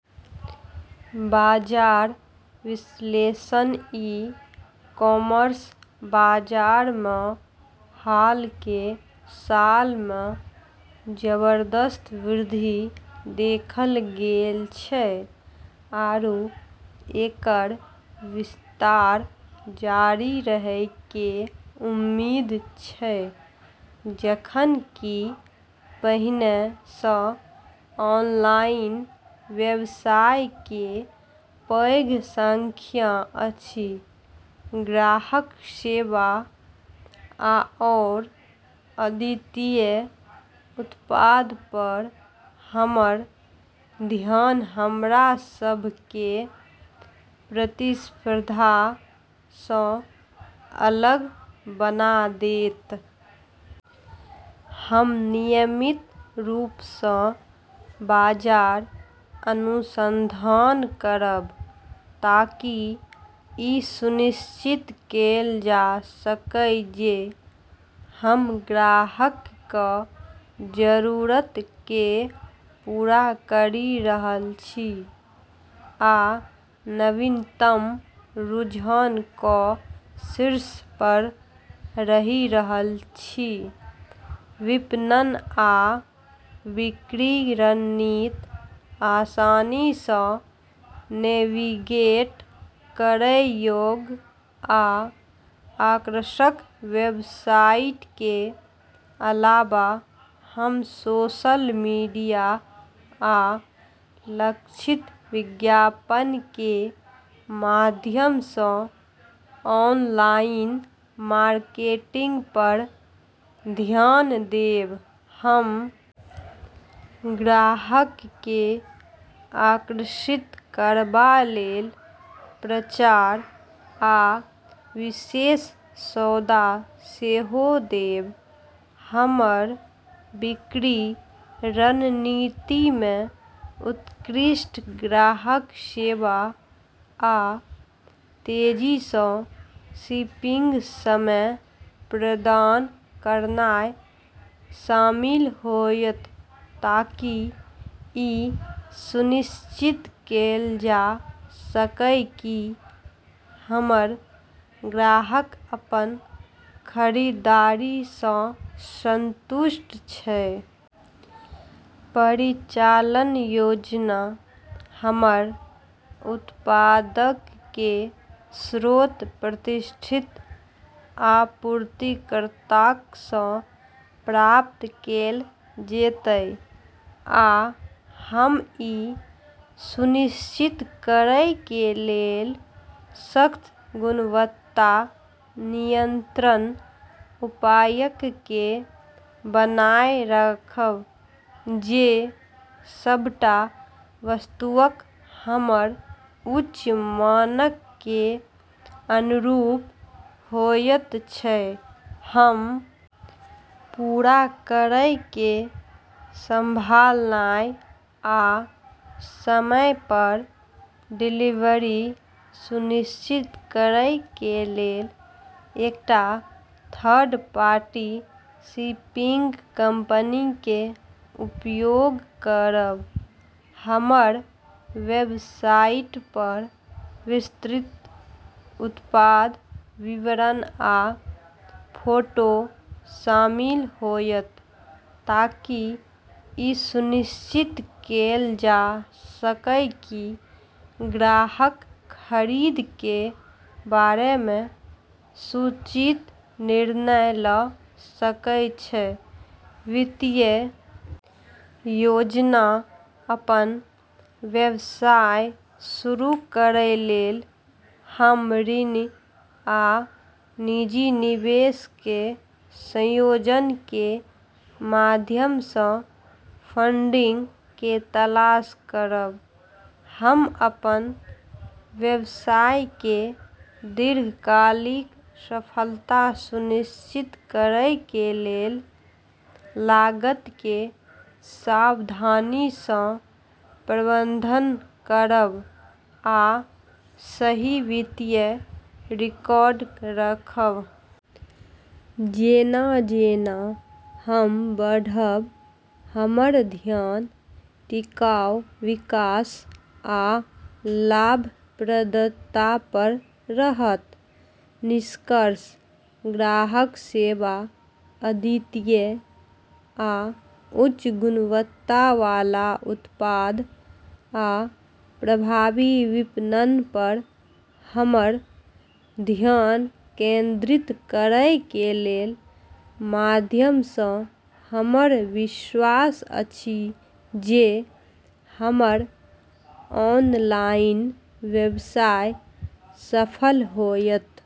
बाजार विश्लेषण e commerce बाजार मऽ हाल के सालऽ मऽ जबरदस्त वृद्धि देखल गेल छै आरू एकरऽ विस्तार जारी रहै के उम्मीद छै। जखन कि पहिने सऽ ऑनलाइन व्यवसाय के पैघ संख्या अछि ग्राहक सेवा आओर अद्वितीय उत्पाद पर हमर ध्यान हमरा सभ के प्रतिस्पर्धा सऽ अलग बना देत । हम नियमित रूप स बाजार अनुसंधान करब ताकि इ सुनिश्चित कैल जा सकए जे हम ग्राहक कऽ जरूरत कए पूरा करि रहल छी आ नवीनतम रुझान कऽ शीर्ष पर रहि रहल छी। विपणन आ बिक्री रणनीत आसानी सऽ नेविगेट करय योग्य आ आकर्षक वेबसाइट के अलावा हम सोशल मीडिया आ लक्षित विज्ञापन के माध्यम सऽ ऑनलाइन मार्केटिंग पर ध्यान देब ।हम ग्राहक के आकर्षित करबा लेल प्रचार आ विशेष सौदा सेहो देब। हमर बिक्री रणनीति मे उत्कृष्ट ग्राहक सेवा आ तेजी सऽ शिपिंग समय प्रदान करनाय शामिल होयत ताकि इ सुनिश्चित कैल जा सकय कि हमर ग्राहक अपन खरीदारी सऽ संतुष्ट छै । परिचालन योजना हमर उत्पादक के स्रोत प्रतिष्ठित आपूर्तिकर्ताक सऽ प्राप्त कैल जेतय आ हम इ सुनिश्चित करय के लेल सख्त गुणवत्ता नियंत्रण उपायक के बनाए रखब जे सबटा वस्तुअक हमर उच्च मानक के अनुरूप होयत छै ।हम पूरा करय के संभालनाय आ समय पर डिलीवरी सुनिश्चित करय के लेल एकटा थर्ड पार्टी शिपिंग कंपनी के उपयोग करब ।हमर वेबसाइट पर विस्तृत उत्पाद विवरण आ फोटो शामिल होयत ताकि इ सुनिश्चित कैल जा सकय कि ग्राहक खरीद के बारे मे सूचित निर्णय ल सकय छै ।वित्तीय योजना अपन व्यवसाय शुरू करय लेल हम ऋण आ निजी निवेश के संयोजन के माध्यम सं फंडिंग के तलाश करब। हम अपन व्यवसाय के दीर्घकालिक सफलता सुनिश्चित करय के लेल लागत के सावधानी सं प्रबंधन करब आ सही वित्तीय रिकॉर्ड रखब । जेना जेना हम बढ़ब, हमर ध्यान टिकाऊ विकास आ लाभप्रदता पर रहत। निष्कर्ष ग्राहक सेवा, अद्वितीय आ उच्च गुणवत्ता वाला उत्पाद, आ प्रभावी विपणन पर हमर ध्यान केंद्रित करय के माध्यम सऽ हमरा विश्वास अछि जे हमर ऑनलाइन व्यवसाय सफल होयत l